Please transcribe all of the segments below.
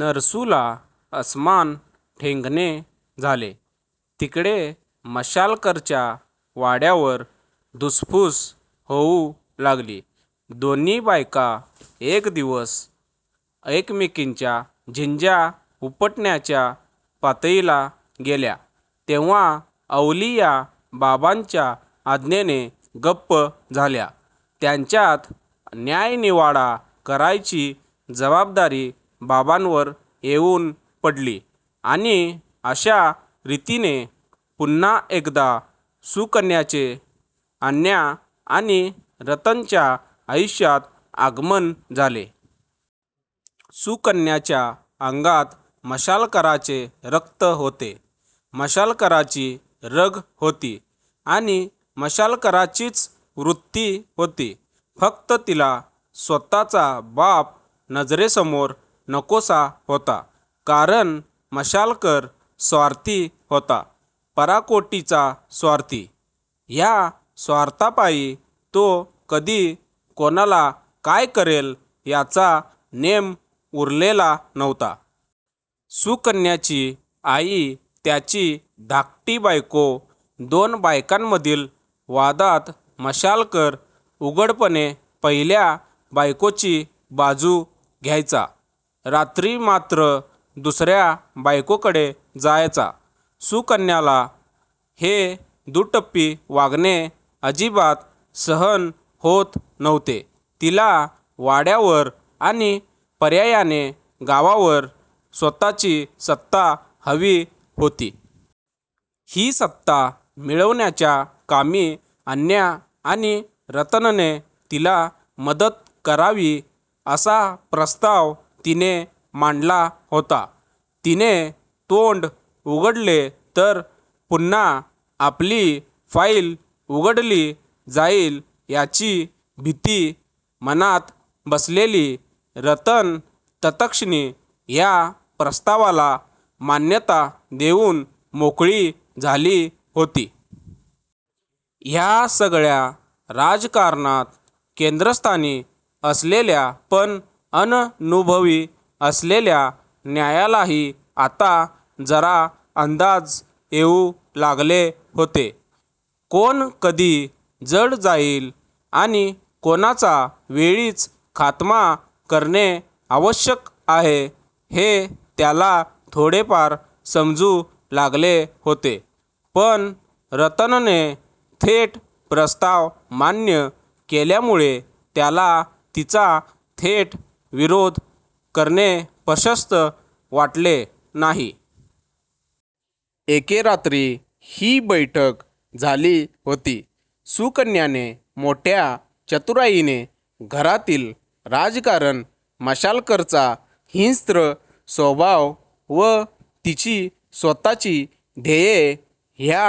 नरसूला अस्मान ठेंगणे झाले. तिकडे मशालकरच्या वाड्यावर धुसफूस होऊ लागली. दोन्ही बायका एक दिवस एकमेकींच्या झिंज्या उपटण्याच्या पातळीला गेल्या तेव्हा अवलिया बाबांच्या आज्ञेने गप्प झाल्या. त्यांच्यात न्यायनिवाडा करायची जबाबदारी बाबांवर येऊन पडली. आणि अशा रीतीने, पुन्हा एकदा सुकन्याचे अन्या आणि रतनच्या आयुष्यात आगमन झाले. सुकन्याच्या अंगात मशालकराचे रक्त होते, मशालकराची रग होती आणि मशालकराचीच वृत्ती होती. फक्त तिला स्वतःचा बाप नजरेसमोर नकोसा होता. कारण मशालकर स्वार्थी होता. पराकोटीचा स्वार्थी. ह्या स्वार्थापायी तो कधी कोणाला काय करेल ह्याचा नेम उरलेला नव्हता. सुकन्याची आई त्याची धाकटी बायको. दोन बायकांमधील वादात मशालकर उघडपणे पहिल्या बायकोची बाजू घ्यायचा. रात्री मात्र दुसऱ्या बायकोकडे जायचा. सुकन्याला हे दुटप्पी वागणे अजिबात सहन होत नव्हते. तिला वाड्यावर आणि पर्यायाने गावावर स्वतःची सत्ता हवी होती. ही सत्ता मिळवण्याच्या कामी अन्या आणि रतनने तिला मदत करावी असा प्रस्ताव तिने मांडला होता. तिने तोंड उघडले तर पुन्हा आपली फाईल उघडली जाईल ह्याची भीती मनात बसलेली रतन तत्क्षणी ह्या प्रस्तावाला मान्यता देऊन मोकळी झाली होती. ह्या सगळ्या राजकारणात केंद्रस्थानी असलेल्या पण अननुभवी असलेल्या अन्यालाही आता जरा अंदाज येऊ लागले होते. कोण कधी जड जाईल आणि कोणाचा वेळीच खातमा करणे आवश्यक आहे हे त्याला थोडेफार समजू लागले होते. पण रतनने थेट प्रस्ताव मान्य केल्यामुळे त्याला तिचा थेट विरोध करणे प्रशस्त वाटले नाही. एके रात्री ही बैठक झाली होती. सुकन्याने मोठ्या चतुराईने घरातील राजकारण, मशालकरचा हिंस्त्र स्वभाव व तिची स्वतःची ध्येये ह्या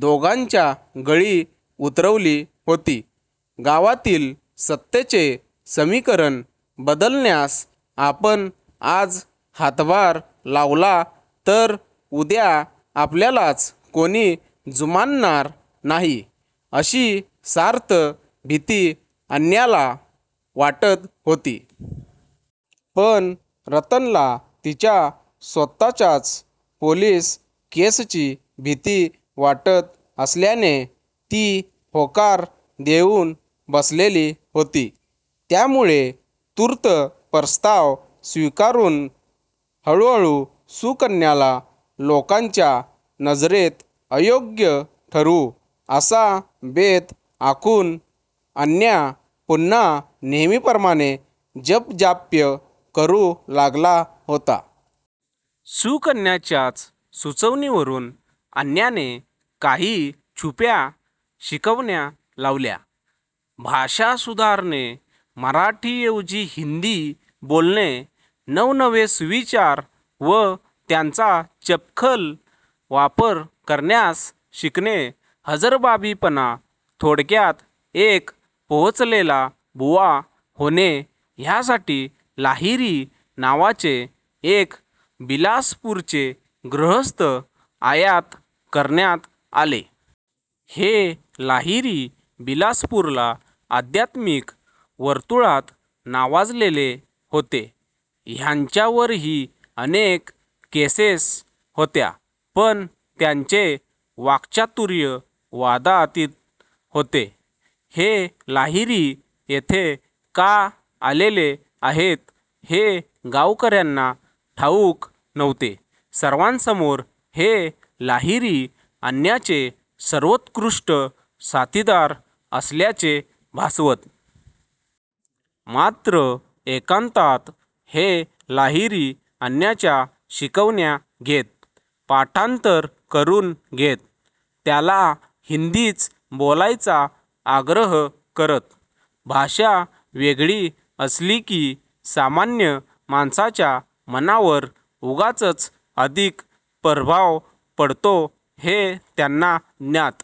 दोघांच्या गळी उतरवली होती. गावातील सत्तेचे समीकरण बदलण्यास आपण आज हातभार लावला तर उद्या आपल्यालाच कोणी जुमानणार नाही अशी सार्थ भीती अन्याला वाटत होती. पण रतनला तिच्या स्वतःच्याच पोलिस केसची भीती वाटत असल्याने ती होकार देऊन बसलेली होती. त्यामुळे तूर्त प्रस्ताव स्वीकारून हळूहळू सुकन्याला लोकांच्या नजरेत अयोग्य ठरवू असा बेत आखून अन्या पुन्हा नेहमीप्रमाणे जपजाप्य करू लागला होता. सुकन्याच्याच सुचवणीवरून अन्याने काही छुप्या शिकवण्या लावल्या. भाषा सुधारणे, मराठीऐवजी हिंदी बोलणे, नवनवे सुविचार व त्यांचा चपखल वापर करण्यास शिकणे, हजरजबाबीपणा, थोडक्यात एक पोचलेला बुवा होणे ह्यासाठी लाहिरी नावाचे एक बिलासपूरचे गृहस्थ आयात करण्यात आले. हे लाहिरी बिलासपूरला अध्यात्मिक वर्तुळात नावाजलेले होते. ह्यांच्यावरही अनेक केसेस होत्या. पण त्यांचे वाक्चातुर्य वादातीत होते. हे लाहिरी येथे का आलेले आहेत हे गावकऱ्यांना ठाऊक नव्हते. सर्वांसमोर हे लाहिरी अन्याचे सर्वोत्कृष्ट साथीदार असल्याचे भासवत. मात्र एकांतात हे लाहिरी अन्याच्या शिकवण्या घेत. पाठांतर करून घेत. त्याला हिंदीच बोलायचा आग्रह करत. भाषा वेगळी असली की सामान्य माणसाच्या मनावर उगाचच अधिक प्रभाव पडतो हे त्यांना ज्ञात